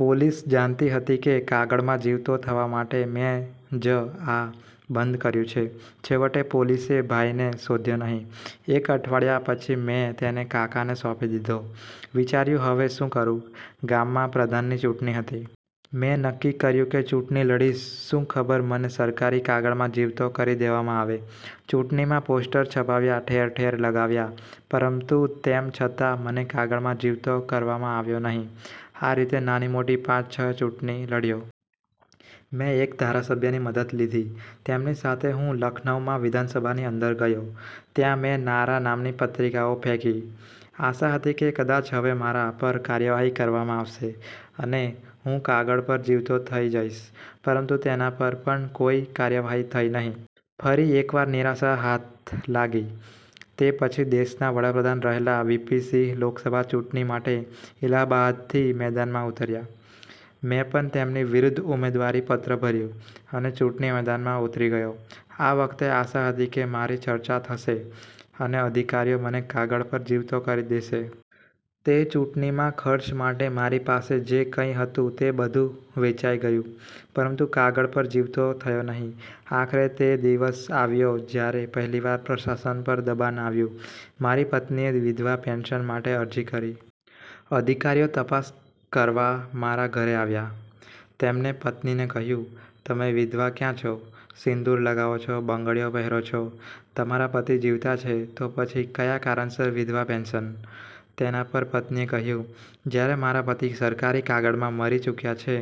"Police જાણતી હતી કે કાગળમાં જીવતો થવા માટે મેં જ આ બધું કર્યું છે. છેવટે, પોલીસે ભાઈને શોધ્યો નહીં. એક અઠવાડિયા પછી મેં તેને કાકાને સોંપી દીધો. વિચાર્યું હવે શું કરું? ગામમાં પ્રધાનની ચૂંટણી હતી. મેં નક્કી કર્યું કે ચૂંટણી લડીશ, શું ખબર મને સરકારી કાગળમાં જીવતો કરી દેવામાં આવે. ચૂંટણીમાં પોસ્ટર છપાવ્યા. ઠેર-ઠેર લગાવ્યા, પરંતુ તેમ છતાં મને કાગળમાં જીવતો કરવામાં આવ્યો નહીં. આ રીતે નાની-મોટી પાંચ-છ ચૂંટણી લડ્યો. મેં એક ધારાસભ્યની મદદ લીધી. તેમની સાથે હું લખનઉમાં વિધાનસભાની અંદર ગયો. ત્યાં મેં મારા નામની પત્રિકાઓ ફેંકી. આશા હતી કે કદાચ હવે મારા પર કાર્યવાહી કરવામાં આવશે, અને હું કાગળ પર જીવતો થઈ જઈશ, પરંતુ તેના પર પણ કોઈ કાર્યવાહી થઈ નહીં. ફરી એકવાર નિરાશા હાથ લાગી. તે પછી દેશના વડાપ્રધાન રહેલા વીપી સિંહ લોકસભા ચૂંટણી માટે ઇલાહાબાદથી મેદાનમાં ઉતર્યા. મેં પણ તેમની વિરુદ્ધ ઉમેદવારી પત્ર ભર્યું, અને ચૂંટણી મેદાનમાં ઉતરી ગયો. આ વખતે આશા હતી કે મારી ચર્ચા થશે અને અધિકારીઓ મને કાગળ પર જીવતો કરી દેશે. તે ચૂંટણીમાં ખર્ચ માટે મારી પાસે જે કંઈ હતું તે બધું વેચાઈ ગયું, પરંતુ કાગળ પર જીવતો થયો નહીં. આખરે, તે દિવસ આવ્યો જ્યારે પહેલીવાર પ્રશાસન પર દબાણ આવ્યું. મારી પત્નીએ વિધવા પેન્શન માટે અરજી કરી. અધિકારીઓ તપાસ કરવા મારા ઘરે આવ્યા. તેમણે પત્નીને કહ્યું, "તમે વિધવા ક્યાં છો? સિંદૂર લગાવો છો, બંગડીઓ પહેરો છો, તમારા પતિ જીવતા છે, તો પછી કયા કારણસર વિધવા પેન્શન?" તેના પર પત્નીએ કહ્યું, "જ્યારે મારા પતિ સરકારી કાગળમાં મરી ચૂક્યા છે,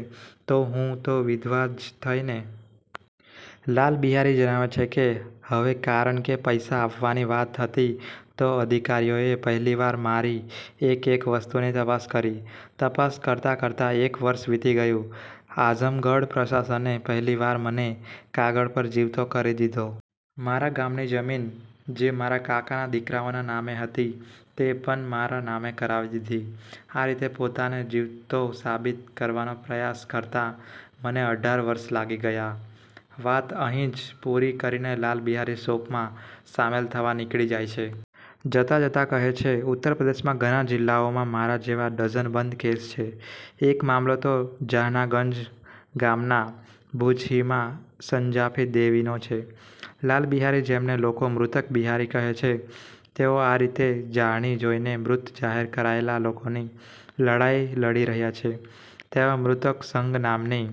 તો હું તો વિધવા જ થઈ ને?" લાલા બિહારી જણાવે છે કે, "હવે કારણ કે પૈસા આપવાની વાત હતી, તો અધિકારીઓએ પહેલીવાર મારી એક-એક વસ્તુની તપાસ કરી. તપાસ કરતા-કરતા એક વર્ષ વીતી ગયું. આઝમગઢ પ્રશાસને પહેલીવાર મને કાગળ પર જીવતો કરી દીધો. મારા ગામની જમીન, જે મારા કાકાના દીકરાઓના નામે હતી, તે પણ મારા નામે કરાવી દીધી. આ રીતે પોતાને જીવતો સાબિત કરવાનો પ્રયાસ કરતા મને અઢાર વર્ષ લાગી ગયા." વાત અહીં જ પૂરી કરીને લાલ બિહારી શોકમાં સામેલ થવા નીકળી જાય છે. જતા-જતા કહે છે, "ઉત્તર પ્રદેશના ઘણા જિલ્લાઓમાં મારા જેવા ડઝનબંધ કેસ છે. એક મામલો તો જહાનાગંજ ગામના ભુજહીંમાં સંજાફી દેવીનો છે." લાલ બિહારી, જેમને લોકો 'મૃતક બિહારી' કહે છે, તેઓ આ રીતે જાણી જોઈને મૃત જાહેર કરાયેલા લોકોની લડાઈ લડી રહ્યા છે. તેઓ 'મૃતક સંઘ' નામની